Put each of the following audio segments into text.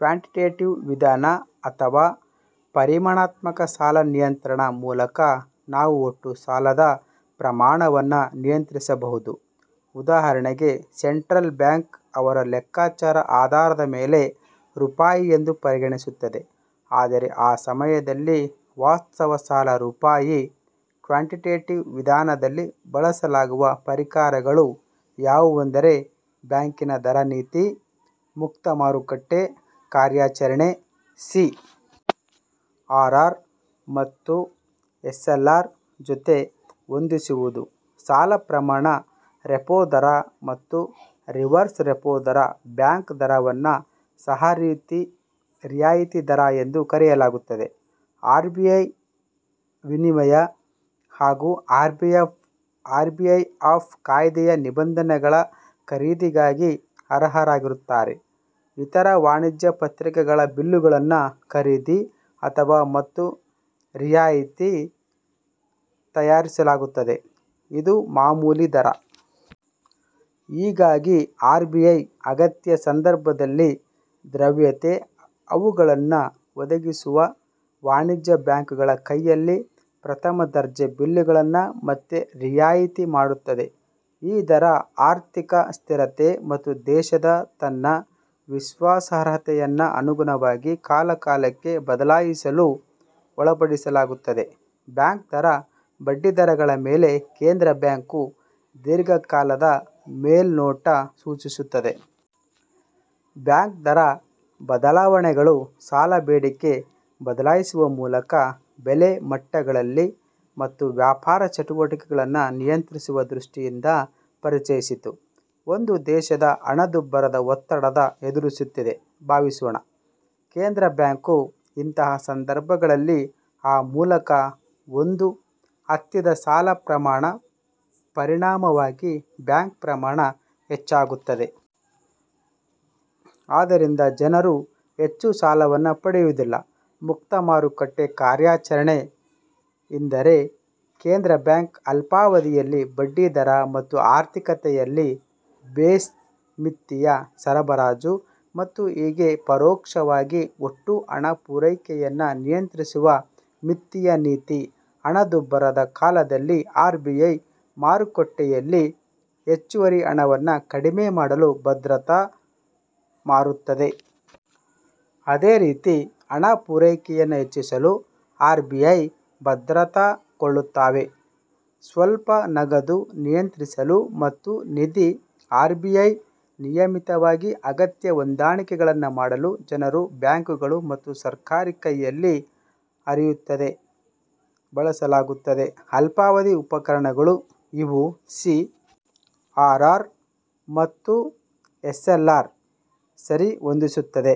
Quantitative ವಿಧಾನ ಅಥವ ಪರಿಮಾಣಾತ್ಮಕ ಸಾಲ ನಿಯಂತ್ರಣ ಮೂಲಕ ನಾವು ಒಟ್ಟು ಸಾಲದ ಪ್ರಮಾಣವನ್ನು ನಿಯಂತ್ರಿಸಬಹುದು. ಉದಾಹರಣೆಗೆ ಸೆಂಟ್ರಲ್ ಬ್ಯಾಂಕ್, ಅದರ ಲೆಕ್ಕಾಚಾರದ ಆಧಾರದ ಮೇಲೆ ರೂಪಾಯಿ ಎಂದು ಪರಿಗಣಿಸುತ್ತದೆ. ಆದರೆ ಆ ಸಮಯದಲ್ಲಿ ವಾಸ್ತವ ಸಾಲ ರೂಪಾಯಿ ಕ್ವಾಂಟಿಟೇಟಿವ್ ವಿಧಾನದಲ್ಲಿ ಬಳಸಲಾಗುವ ಪರಿಕರಗಳು ಯಾವುದೆಂದರೆ ಬ್ಯಾಂಕ್ ದರ ನೀತಿ, ಮುಕ್ತ ಮಾರುಕಟ್ಟೆ ಕಾರ್ಯಾಚರಣೆ, ಸಿ. ಆರ್. ಆರ್ ಮತ್ತು ಎಸ್. ಎಲ್. ಆರ್ ಜೊತೆ ಹೊಂದಿಸುವುದು, ಸಾಲ ಪ್ರಮಾಣ, ರೆಪೋ ದರ, ಮಾತ್ತು ರಿವರ್ಸ್ ರೆಪೋ ದರ. ಬ್ಯಾಂಕ್ ದರವನ್ನು ಸಹ ರಿಯಾಯಿತಿ ದರ ಎಂದು ಕರೆಯಲಾಗುತ್ತದೆ. ಆರ್ ಬಿ ಐ ವಿನಿಮಯ ಅಥವಾ ಆರ್ ಬಿ ಐ ಆಫ್ ಕಾಯಿದೆಯ ನಿಬಂಧನೆಗಳ ಖರೀದಿಗಾಗಿ ಅರ್ಹರಾಗಿರುತ್ತಾರೆ ಇತರ ವಾಣಿಜ್ಯ ಪತ್ರಿಕೆಗಳ ಬಿಲ್ಲುಗಳನ್ನು ಖರೀದಿ ಅಥವಾ ಮತ್ತೆ ರಿಯಾಯಿತಿ ತಯಾರಿಸಲಾಗುತ್ತದೆ ಇದು ಮಾಮೂಲಿ ದರ. ಹೀಗಾಗಿ ಆರ್ ಬಿ ಐ ಅಗತ್ಯ ಸಂದರ್ಭದಲ್ಲಿ ದ್ರವ್ಯತೆ ಅವುಗಳನ್ನು ಒದಗಿಸುವ ವಾಣಿಜ್ಯ ಬ್ಯಾಂಕುಗಳ ಕೈಯಲ್ಲಿ ಪ್ರಥಮ ದರ್ಜೆ ಬಿಲ್ಲುಗಳನ್ನು ಮತ್ತೆ ರಿಯಾಯಿತಿ ಮಾಡುತ್ತದೆ. ಈ ದರ ಆರ್ಥಿಕ ಸ್ಥಿರತೆ ಮತ್ತು ದೇಶದ ತನ್ನ ವಿಶ್ವಾಸಾರ್ಹತೆಯನ್ನು ಅನುಗುಣವಾಗಿ ಕಾಲಕಾಲಕ್ಕೆ ಬದಲಾಯಿಸಲು ಒಳಪಡಿಸಲಾಗುತ್ತದೆ. ಬ್ಯಾಂಕ್ ದರ ಬಡ್ಡಿದರಗಳ ಮೇಲೆ ಕೇಂದ್ರ ಬ್ಯಾಂಕ್ ದೀರ್ಘಕಾಲದ ಮೇಲ್ನೋಟ ಸೂಚಿಸುತ್ತದೆ. ಬ್ಯಾಂಕ್ ದರ ಬದಲಾವಣೆಗಳು ಸಾಲ ಬೇಡಿಕೆ ಬದಲಿಸುವ ಮೂಲಕ, ಬೆಲೆ ಮಟ್ಟಗಳಲ್ಲಿ ಮತ್ತು ವ್ಯಾಪಾರ ಚಟುವಟಿಕೆಗಳನ್ನು ನಿಯಂತ್ರಿಸುವ ದೃಷ್ಟಿಯಿಂದ ಪರಿಚಯಿಸಿತು. ಒಂದು ದೇಶದ ಹಣದುಬ್ಬರದ ಒತ್ತಡದ ಎದುರಿಸುತ್ತಿದೆ ಭಾವಿಸೋಣ. ಕೇಂದ್ರ ಬ್ಯಾಂಕ್, ಇಂತಹ ಸಂದರ್ಭಗಳಲ್ಲಿ ಆ ಮೂಲಕ ಒಂದು ಹತ್ತಿದ ಸಾಲ ಪ್ರಮಾಣ ಪರಿಣಾಮವಾಗಿ ಬ್ಯಾಂಕ್ ಪ್ರಮಾಣ ಹೆಚ್ಚಾಗುತ್ತದೆ. ಆದರಿಂದ ಜನರು ಹೆಚ್ಚು ಸಾಲವನ್ನು ಪಡೆಯುವುದಿಲ್ಲ. ಮುಕ್ತ ಮಾರುಕಟ್ಟೆ ಕಾರ್ಯಾಚರಣೆ ಇಂದರೆ ಕೇಂದ್ರ ಬ್ಯಾಂಕ್ ಅಲ್ಪಾವಧಿಯಲ್ಲಿ ಬಡ್ಡಿದರ ಮತ್ತು ಆರ್ಥಿಕತೆಯಲ್ಲಿ ಬೇಸ್ ವಿತ್ತೀಯ ಸರಬರಾಜು ಮತ್ತು ಹೀಗೆ ಪರೋಕ್ಷವಾಗಿ ಒಟ್ಟು ಹಣದ ಪೂರೈಕೆಯನ್ನು ನಿಯಂತ್ರಿಸುವ ವಿತ್ತೀಯ ನೀತಿ. ಹಣದುಬ್ಬರದ ಕಾಲದಲ್ಲಿ ಆರ್ ಬಿ ಐ ಮಾರುಕಟ್ಟೆಯಲ್ಲಿ ಹೆಚ್ಚುವರಿ ಹಣವನ್ನು ಕಡಿಮೆ ಮಾಡಲು ಭದ್ರತಾ ಮಾರುತ್ತದೆ. ಅದೇ ರೀತಿ, ಹಣ ಪೂರೈಕೆಯನ್ನು ಹೆಚ್ಚಿಸಲು ಆರ್ ಬಿ ಐ ಭದ್ರತಾ ಕೊಳ್ಳುತ್ತವೆ. ಸ್ವಲ್ಪ ನಗದು ನಿಯಂತ್ರಿಸಲು ಮತ್ತು ನಿಧಿ ಆರ್ ಬಿ ಐ ನಿಯಮಿತವಾಗಿ ಅಗತ್ಯ ಹೊಂದಾಣಿಕೆಗಳನ್ನು ಮಾಡಲು ಜನರು, ಬ್ಯಾಂಕುಗಳು ಮತ್ತು ಸರ್ಕಾರಿ ಕೈಯಲ್ಲಿ ಹರಿಯುತ್ತದೆ ಬಳಸಲಾಗುತ್ತದೆ ಅಲ್ಪಾವಧಿ ಉಪಕರಣಗಳು ಇವು ಸಿ. ಆರ್. ಆರ್ ಮತ್ತು ಎಸ್ ಎಲ್ ಆರ್ ಸರಿಹೊಂದಿಸಿತ್ತದೆ.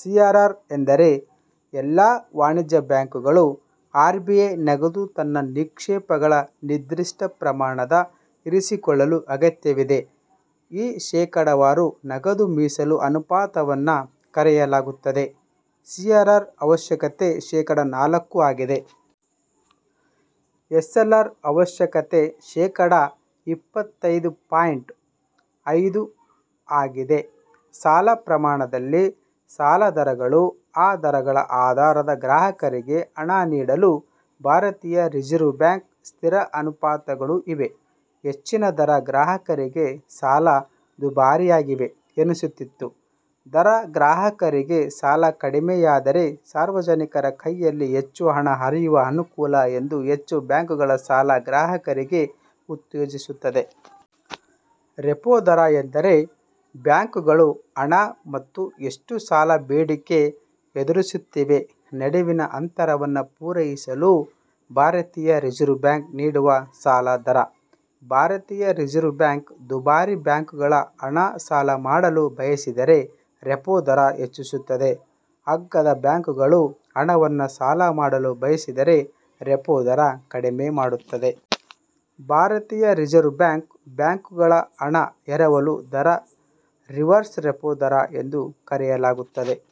ಸಿ. ಆರ್. ಆರ್ ಎಂದರೆ ಎಲ್ಲಾ ವಾಣಿಜ್ಯ ಬ್ಯಾಂಕುಗಳು ಆರ್ ಬಿ ಐ ನಗದು ತನ್ನ ನಿಕ್ಷೇಪಗಳ ನಿರ್ದಿಷ್ಟ ಪ್ರಮಾಣದ ಇರಿಸಿಕೊಳ್ಳಲು ಅಗತ್ಯವಿದೆ. ಈ ಶೇಕಡಾವಾರು ನಗದು ಮೀಸಲು ಅನುಪಾತವನ್ನು ಕರೆಯಲಾಗುತ್ತದೆ. ಸಿ. ಆರ್. ಆರ್ ಅವಶ್ಯಕತೆ ಶೇಕಡಾ ನಾಲ್ಕು ಆಗಿದೆ. ಎಸ್ ಎಲ್ ಆರ್ ಅವಶ್ಯಕತೆ ಶೇಕಡಾ ಇಪ್ಪತ್ತೊಂದು ಪಾಯಿಂಟ್ ಐದು ಆಗಿದೆ. ಸಾಲ ಪ್ರಮಾಣದಲ್ಲಿ ಸಾಲ ದರಗಳು ಆ ದರಗಳ ಆಧಾರದ ಗ್ರಾಹಕರಿಗೆ ಹಣ ನೀಡಲು ಭಾರತೀಯ ರಿಸರ್ವ್ ಬ್ಯಾಂಕ್ ಸ್ಥಿರ ಅನುಪಾತಗಳು ಇವೆ. ಹೆಚ್ಚಿನ ದರ ಗ್ರಾಹಕರಿಗೆ ಸಾಲ ದುಬಾರಿಯಾಗಿವೆ ಎನಿಸುತ್ತಿತ್ತು. ದರ ಗ್ರಾಹಕರಿಗೆ ಸಾಲ ಕಡಿಮೆಯಾದರೆ ಸಾರ್ವಜನಿಕ ಕೈಯಲ್ಲಿ ಹೆಚ್ಚು ಹಣ ಹರಿಯುವ ಅನುಕೂಲ ಎಂದು ಹೆಚ್ಚು ಬ್ಯಾಂಕುಗಳು ಸಾಲ ಗ್ರಾಹಕರಿಗೆ ಉತ್ತೇಜಿಸುತ್ತದೆ. ರೆಪೋ ದರ ಎಂದರೆ ಬ್ಯಾಂಕುಗಳು ಹಣ ಮತ್ತು ಎಷ್ಟು ಸಾಲ ಬೇಡಿಕೆ ಎದುರಿಸುತ್ತಿವೆ ನಡುವಿನ ಅಂತರವನ್ನು ಪೂರೈಸಲು ಭಾರತೀಯ ರಿಸರ್ವ್ ಬ್ಯಾಂಕ್ ನೀಡುವ ಸಾಲ ದರ. ಭಾರತೀಯ ರಿಸರ್ವ್ ಬ್ಯಾಂಕ್ ದುಬಾರಿ ಬ್ಯಾಂಕುಗಳು ಹಣ ಸಾಲ ಮಾಡಲು ಬಯಸಿದರೆ, ರೆಪೋ ದರ ಹೆಚ್ಚಿಸುತ್ತದೆ. ಅಗ್ಗದ ಬ್ಯಾಂಕುಗಳು ಹಣವನ್ನು ಸಾಲ ಮಾಡಲು ಬಯಸಿದರೆ ರೆಪೋ ದರ ಕಡಿಮೆ ಮಾಡುತ್ತದೆ. ಭಾರತೀಯ ರಿಸರ್ವ್ ಬ್ಯಾಂಕ್ ಬ್ಯಾಂಕುಗಳು ಹಣ ಎರವಲು ದರ ರಿವರ್ಸ್ ರೆಪೋ ದರ ಎಂದು ಕರೆಯಲಾಗುತ್ತದೆ.